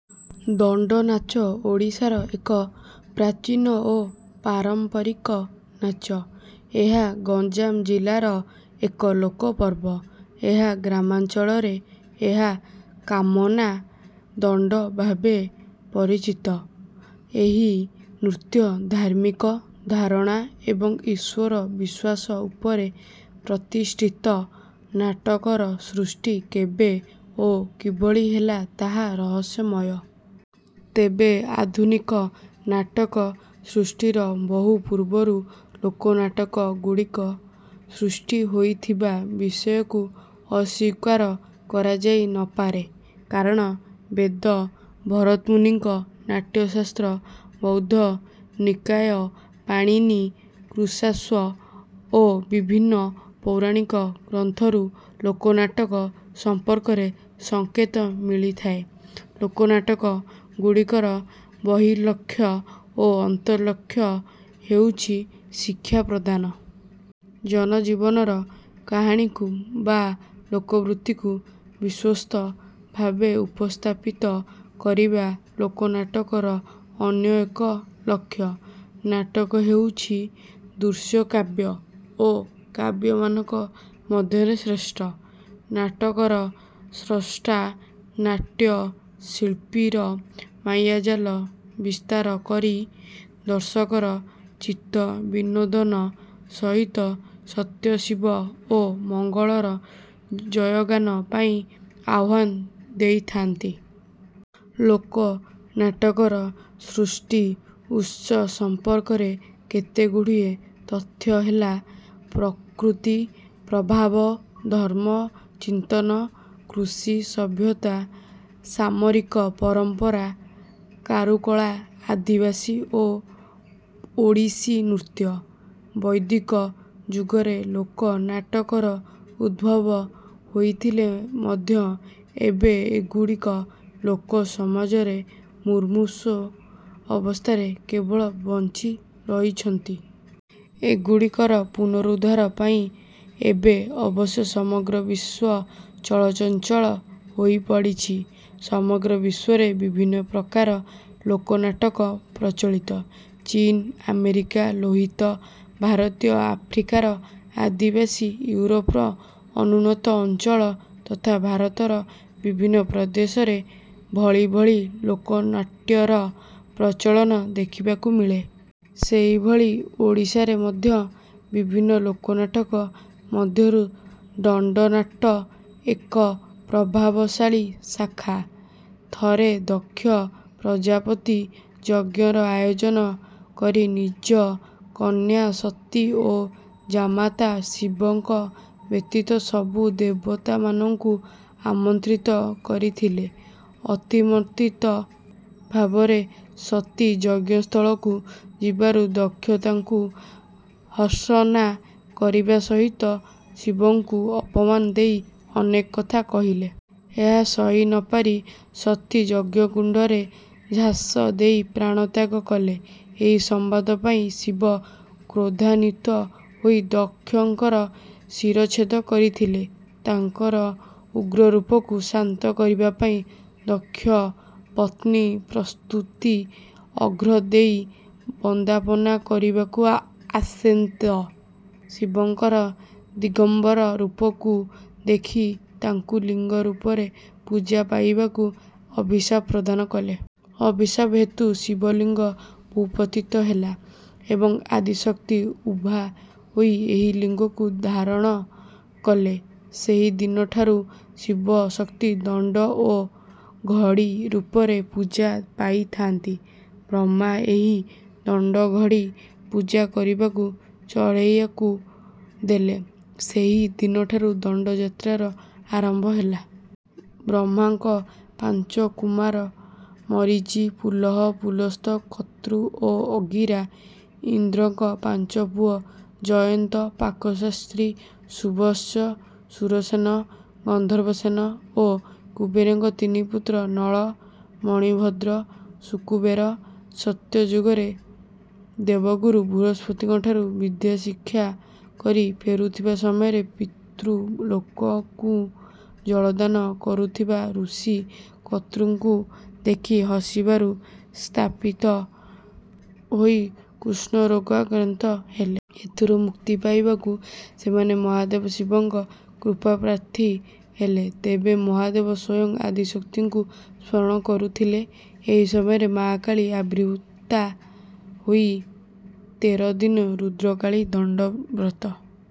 ଦଣ୍ଡନାଚ ଓଡ଼ିଶାର ଏକ ପ୍ରାଚୀନ ଓ ପାରମ୍ପରିକ ନାଚ। ଏହା ଗଞ୍ଜାମ ଜିଲ୍ଲାର ଏକ ଲୋକ ପର୍ବ। ଏହା ଗ୍ରାମାଞ୍ଚଳରେ ଏହା କାମନା ଦଣ୍ଡ ଭାବେ ପରିଚିତ। ଏହି ନୃତ୍ୟ ଧାର୍ମିକ ଧାରଣା ଏବଂ ଈଶ୍ୱର ବିଶ୍ୱାସ ଉପରେ ପ୍ରତିଷ୍ଠିତ। ନାଟକର ସୃଷ୍ଟି କେବେ ଓ କିଭଳି ହେଲା ତାହା ରହସ୍ୟମୟ। ତେବେ ଆଧୁନିକ ନାଟକ ସୃଷ୍ଟିର ବହୁ ପୂର୍ବରୁ ଲୋକନାଟକଗୁଡ଼ିକ ସୃଷ୍ଟି ହୋଇଥିବା ବିଷୟକୁ ଅସ୍ୱୀକାର କରାଯାଇ ନ ପାରେ। କାରଣ ବେଦ ଭରତମୁନିଙ୍କ ନାଟ୍ୟଶାସ୍ତ୍ର ବୌଦ୍ଧ ନିକାୟ ପାଣିନି କୃଶାଶ୍ୱ ଓ ବିଭିନ୍ନ ପୌରାଣିକ ଗ୍ରନ୍ଥରୁ ଲୋକନାଟକ ସମ୍ପର୍କରେ ସଂକେତ ମିଳିଥାଏ। ଲୋକନାଟକଗୁଡ଼ିକର ବହିର୍ଲକ୍ଷ୍ୟ ଓ ଅନ୍ତର୍ଲକ୍ଷ୍ୟ ହେଉଛି ଶିକ୍ଷା ପ୍ରଦାନ। ଜନଜୀବନର କାହାଣୀକୁ ବା ଲୋକବୃତ୍ତିକୁ ବିଶ୍ୱସ୍ତ ଭାବେ ଉପସ୍ଥାପିତ କରିବା ଲୋକନାଟକର ଅନ୍ୟ ଏକ ଲକ୍ଷ୍ୟ। ନାଟକ ହେଉଛି ଦୃଶ୍ୟକାବ୍ୟ ଓ କାବ୍ୟମାନଙ୍କ ମଧ୍ୟରେ ଶ୍ରେଷ୍ଠ। ନାଟକର ସ୍ରଷ୍ଟା ନାଟ୍ୟ ଶିଳ୍ପୀର ମାୟାଜାଲ ବିସ୍ତାର କରି ଦର୍ଶକର ଚିତ୍ତ ବିନୋଦନ ସହିତ ସତ୍ୟ ଶିବ ଓ ମଙ୍ଗଳର ଜୟଗାନ ପାଇଁ ଆହ୍ୱାନ ଦେଇଥାନ୍ତି। ଲୋକ ନାଟକର ସୃଷ୍ଟି ଉତ୍ସ ସମ୍ପର୍କରେ କେତେଗୁଡ଼ିଏ ତଥ୍ୟ ହେଲା ପ୍ରକୃତି ପ୍ରଭାବ ଧର୍ମ ଚିନ୍ତନ କୃଷି ସଭ୍ୟତା ସାମରିକ ପରମ୍ପରା କାରୁକଳା ଆଦିବାସୀ ଓ ଓଡ଼ିଶୀ ନୃତ୍ୟ। ବୈଦିକ ଯୁଗରେ ଲୋକ ନାଟକର ଉଦ୍ଭବ ହୋଇଥିଲେ ମଧ୍ୟ ଏବେ ଏଗୁଡ଼ିକ ଲୋକ ସମାଜରେ ମୁମୂର୍ଷୁ ଅବସ୍ଥାରେ କେବଳ ବଞ୍ଚିରହିଛନ୍ତି। ଏଗୁଡ଼ିକର ପୁନରୁଦ୍ଧାର ପାଇଁ ଏବେ ଅବଶ୍ୟ ସମଗ୍ର ବିଶ୍ୱ ଚଳଚଞ୍ଚଳ ହୋଇପଡ଼ିଛି। ସମଗ୍ର ବିଶ୍ୱରେ ବିଭିନ୍ନ ପ୍ରକାର ଲୋକନାଟକ ପ୍ରଚଳିତ। ଚୀନ ଆମେରିକା ଲୋହିତ ଭାରତୀୟ ଆଫ୍ରିକାର ଆଦିବାସୀ ୟୁରୋପର ଅନୁନ୍ନତ ଅଞ୍ଚଳ ତଥା ଭାରତର ବିଭିନ୍ନ ପ୍ରଦେଶରେ ଭଳି ଭଳି ଲୋକନାଟ୍ୟର ପ୍ରଚଳନ ଦେଖିବାକୁ ମିଳେ। ସେହିଭଳି ଓଡ଼ିଶାରେ ମଧ୍ୟ ବିଭିନ୍ନ ଲୋକନାଟକ ମଧ୍ୟରୁ ଦଣ୍ଡନାଟ ଏକ ପ୍ରଭାବଶାଳୀ ଶାଖା। ଥରେ ଦକ୍ଷ ପ୍ରଜାପତି ଯଜ୍ଞର ଆୟୋଜନ କରି ନିଜ କନ୍ୟା ସତୀ ଓ ଜାମାତା ଶିବଙ୍କ ବ୍ୟତୀତ ସବୁ ଦେବତାମାନଙ୍କୁ ଆମନ୍ତ୍ରିତ କରିଥିଲେ। ଅନିମନ୍ତ୍ରିତ ଭାବରେ ସତୀ ଯଜ୍ଞସ୍ଥଳକୁ ଯିବାରୁ ଦକ୍ଷ ତାଙ୍କୁ ଭର୍ତ୍ସନା କରିବା ସହିତ ଶିବଙ୍କୁ ଅପମାନ ଦେଇ ଅନେକ କଥା କହିଲେ। ଏହା ସହି ନ ପାରି ସତୀ ଯଜ୍ଞକୁଣ୍ଡରେ ଝାସ ଦେଇ ପ୍ରାଣତ୍ୟାଗ କଲେ। ଏହି ସମ୍ବାଦ ପାଇ ଶିବ କ୍ରୋଧାନ୍ୱିତ ହୋଇ ଦକ୍ଷଙ୍କର ଶିରଚ୍ଛେଦ କରିଥିଲେ। ତାଙ୍କର ଉଗ୍ରରୂପକୁ ଶାନ୍ତ କରିବା ପାଇଁ ଦକ୍ଷ ପତ୍ନୀ ପ୍ରସୂତି ଅର୍ଘ୍ୟ ଦେଇ ବନ୍ଦାପନା କରିବାକୁ ଆସନ୍ତେ ଶିବଙ୍କର ଦିଗମ୍ବର ରୂପକୁ ଦେଖି ତାଙ୍କୁ ଲିଙ୍ଗରୂପରେ ପୂଜା ପାଇବାକୁ ଅଭିଶାପ ପ୍ରଦାନ କଲେ। ଅଭିଶାପ ହେତୁ ଶିବଲିଙ୍ଗ ଭୂପତିତ ହେଲା ଏବଂ ଆଦିଶକ୍ତି ଉଭା ହୋଇ ଏହି ଲିଙ୍ଗକୁ ଧାରଣ କଲେ। ସେହିଦିନଠାରୁ ଶିବଶକ୍ତି ଦଣ୍ଡ ଓ ଘଡ଼ି ରୂପରେ ପୂଜା ପାଇଥାନ୍ତି। ବ୍ରହ୍ମା ଏହି ଦଣ୍ଡ ଘଡ଼ି ପୂଜା କରିବାକୁ ଚଢ଼େଇଆକୁ ଦେଲେ। ସେହି ଦିନଠାରୁ ଦଣ୍ଡଯାତ୍ରାର ଆରମ୍ଭ ହେଲା। ବ୍ରହ୍ମାଙ୍କ ପାଞ୍ଚ କୁମାର ମରୀଚି ପୁଲହ ପୁଲସ୍ତ୍ୟ କ୍ରତୁ ଓ ଅଙ୍ଗିରା ଇନ୍ଦ୍ରଙ୍କ ପାଞ୍ଚ ପୁଅ ଜୟନ୍ତ ପାକଶାସ୍ତ୍ରୀ ସୁବତ୍ସ ସୁରସେନ ଗନ୍ଧର୍ବସେନ ଓ କୁବେରଙ୍କ ତିନି ପୁତ୍ର ନଳ ମଣିଭଦ୍ର ସୁକୁବେର ସତ୍ୟ ଯୁଗରେ ଦେବଗୁରୁ ବୃହସ୍ପତିଙ୍କଠାରୁ ବିଦ୍ୟାଶିକ୍ଷା କରି ଫେରୁଥିବା ସମୟରେ ପିତୃଲୋକଙ୍କୁ ଜଳଦାନ କରୁଥିବା ଋଷି କ୍ରତୁଙ୍କୁ ଦେଖି ହସିବାରୁ ଶାପିତ ହୋଇ କୁଷ୍ଣରୋଗାକ୍ରାନ୍ତ ହେଲେ। ଏଥିରୁ ମୁକ୍ତି ପାଇବାକୁ ସେମାନେ ମହାଦେବ ଶିବଙ୍କ କୃପାପ୍ରାର୍ଥୀ ହେଲେ। ତେବେ ମହାଦେବ ସ୍ୱୟଂ ଆଦିଶକ୍ତିଙ୍କୁ ସ୍ମରଣ କରୁଥିଲେ। ଏହି ସମୟରେ ମାଆ କାଳୀ ଆବିର୍ଭୂତା ହୋଇ ତେର ଦିନ ରୁଦ୍ରକାଳୀ ଦଣ୍ଡବ୍ରତ।